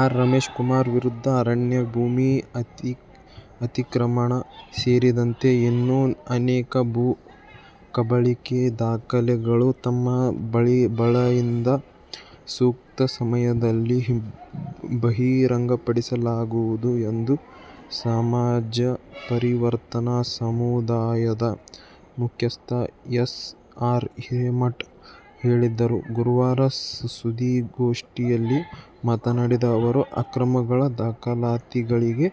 R. Ramesh Kumar ವಿರುದ್ಧ ಅರಣ್ಯ ಭೂಮಿ ಅತಿಕ್ರಮಣ ಸೇರಿದಂತೆ ಇನ್ನೂ ಅನೇಕ ಭೂ ಕಬಳಿಕೆ ದಾಖಲೆಗಳು ತಮ್ಮ ಬಳಿಯಿದ್ದು, ಸೂಕ್ತ ಸಮಯದಲ್ಲಿ ಬಹಿರಂಗಪಡಿಸಲಾಗುವುದು ಎಂದು ಸಮಾಜ ಪರಿವರ್ತನಾ ಸಮುದಾಯದ ಮುಖ್ಯಸ್ಥ ಎಸ್. ಆರ್. ಹಿರೇಮಠ ಹೇಳಿದರು. ಗುರುವಾರ ಸುದ್ದಿಗೋಷ್ಠಿಯಲ್ಲಿ ಮಾತನಾಡಿದ ಅವರು, ಅಕ್ರಮಗಳ ದಾಖಲಾತಿಗಳಿಗೆ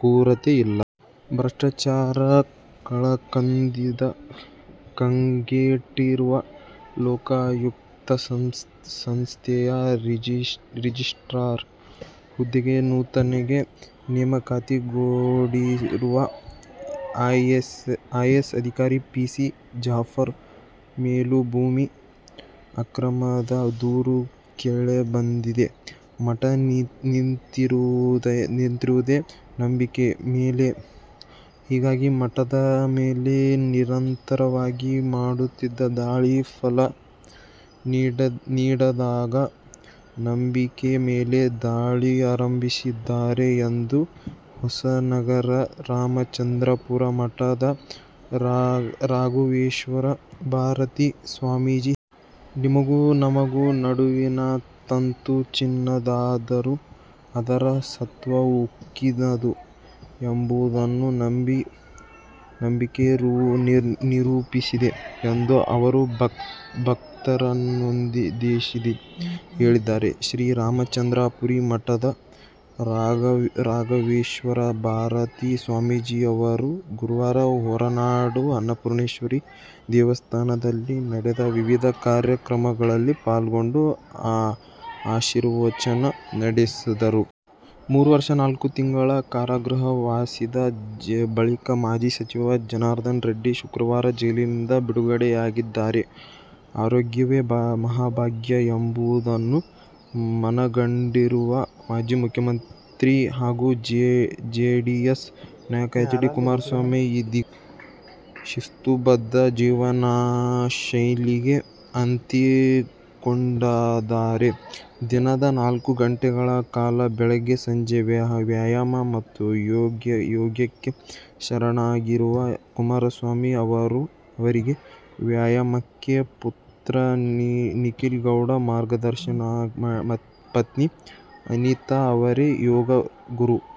ಕೊರತೆ ಇಲ್ಲ. ಭ್ರಷ್ಟಾಚಾರ ಕಳಂಕದಿಂದ ಕಂಗೆಟ್ಟಿರುವ ಲೋಕಾಯುಕ್ತ ಸಂಸ್ಥೆಯ ರಿಜಿಸ್ಟ್ರಾರ್ ಹುದ್ದೆಗೆ ನೂತನವಾಗಿ ನೇಮಕಗೊಂಡಿರುವ ಐಎಎಸ್ ಅಧಿಕಾರಿ ಪಿ. ಸಿ. ಜಾಫರ್ ಮೇಲೂ ಭೂ ಅಕ್ರಮದ ದೂರು ಕೇಳಿಬಂದಿದೆ. ಮಠ ನಿಂತಿರುವುದೇ ನಂಬಿಕೆ ಮೇಲೆ. ಹೀಗಾಗಿ ಮಠದ ಮೇಲೆ ನಿರಂತರವಾಗಿ ಮಾಡುತ್ತಿದ್ದ ದಾಳಿ ಫಲ ನೀಡದಾಗ ನಂಬಿಕೆ ಮೇಲೆ ದಾಳಿ ಆರಂಭಿಸಿದ್ದಾರೆ ಎಂದು ಹೊಸನಗರ ರಾಮಚಂದ್ರಾಪುರ ಮಠದ ರಾಘವೇಶ್ವರ ಭಾರತೀ ಸ್ವಾಮೀಜಿ ಹೇಳಿದ್ದಾರೆ. ನಿಮಗೂ ನಮಗೂ ನಡುವಿನ ತಂತು ಚಿನ್ನದ್ದಾದರೂ ಅದರ ಸತ್ವ ಉಕ್ಕಿನದ್ದು ಎಂಬುದನ್ನು ನಿಮ್ಮ ನಂಬಿಕೆ ನಿರೂಪಿಸಿದೆ ಎಂದೂ ಅವರು ಭಕ್ತರನ್ನುದ್ದೇಶಿಸಿ ಹೇಳಿದ್ದಾರೆ. ಶ್ರೀ ರಾಮಚಂದ್ರಾಪುರ ಮಠದ ರಾಘವೇಶ್ವರ ಭಾರತೀ ಸ್ವಾಮೀಜಿಯವರು ಗುರುವಾರ ಹೊರನಾಡು ಅನ್ನಪೂರ್ಣೇಶ್ವರಿ ದೇವಸ್ಥಾನದಲ್ಲಿ ನಡೆದ ವಿವಿಧ ಕಾರ್ಯ ಕ್ರಮಗಳಲ್ಲಿ ಪಾಲ್ಗೊಂಡು ಆಶೀರ್ವಚನ ನೀಡಿದರು. ಮೂರು ವರ್ಷ ನಾಲ್ಕು ತಿಂಗಳ ಕಾರಾಗೃಹ ವಾಸದ ಬಳಿಕ ಮಾಜಿ ಸಚಿವ ಜನಾರ್ದನ ರೆಡ್ಡಿ ಶುಕ್ರವಾರ ಜೈಲಿನಿಂದ ಬಿಡುಗಡೆಯಾಗಿದ್ದಾರೆ. "ಆರೋಗ್ಯವೇ ಮಹಾಭಾಗ್ಯ' ಎಂಬುದನ್ನು ಮನಗಂಡಿರುವ ಮಾಜಿ ಮುಖ್ಯಮಂತ್ರಿ ಹಾಗೂ ಜೆಡಿಎಸ್ ನಾಯಕ ಎಚ್. ಡಿ. ಕುಮಾರಸ್ವಾಮಿ ಇದೀಗ ಶಿಸ್ತುಬದ್ಧ ಜೀವನಶೈಲಿಗೆ ಅಂಟಿಕೊಂಡಿದ್ದಾರೆ. ದಿನದ ನಾಲ್ಕು ಗಂಟೆಗಳ ಕಾಲ ಬೆಳಗ್ಗೆ-ಸಂಜೆ ವ್ಯಾಯಾಮ ಮತ್ತು ಯೋಗಕ್ಕೆ ಶರಣಾಗಿರುವ ಕುಮಾರಸ್ವಾಮಿ ಅವರಿಗೆ ವ್ಯಾಯಾಮಕ್ಕೆ ಪುತ್ರ ನಿಖೀಲ್ಗೌಡ ಮಾರ್ಗದರ್ಶಕನಾದರೆ ಪತ್ನಿ ಅನಿತಾ ಅವರೇ ಯೋಗ ಗುರು.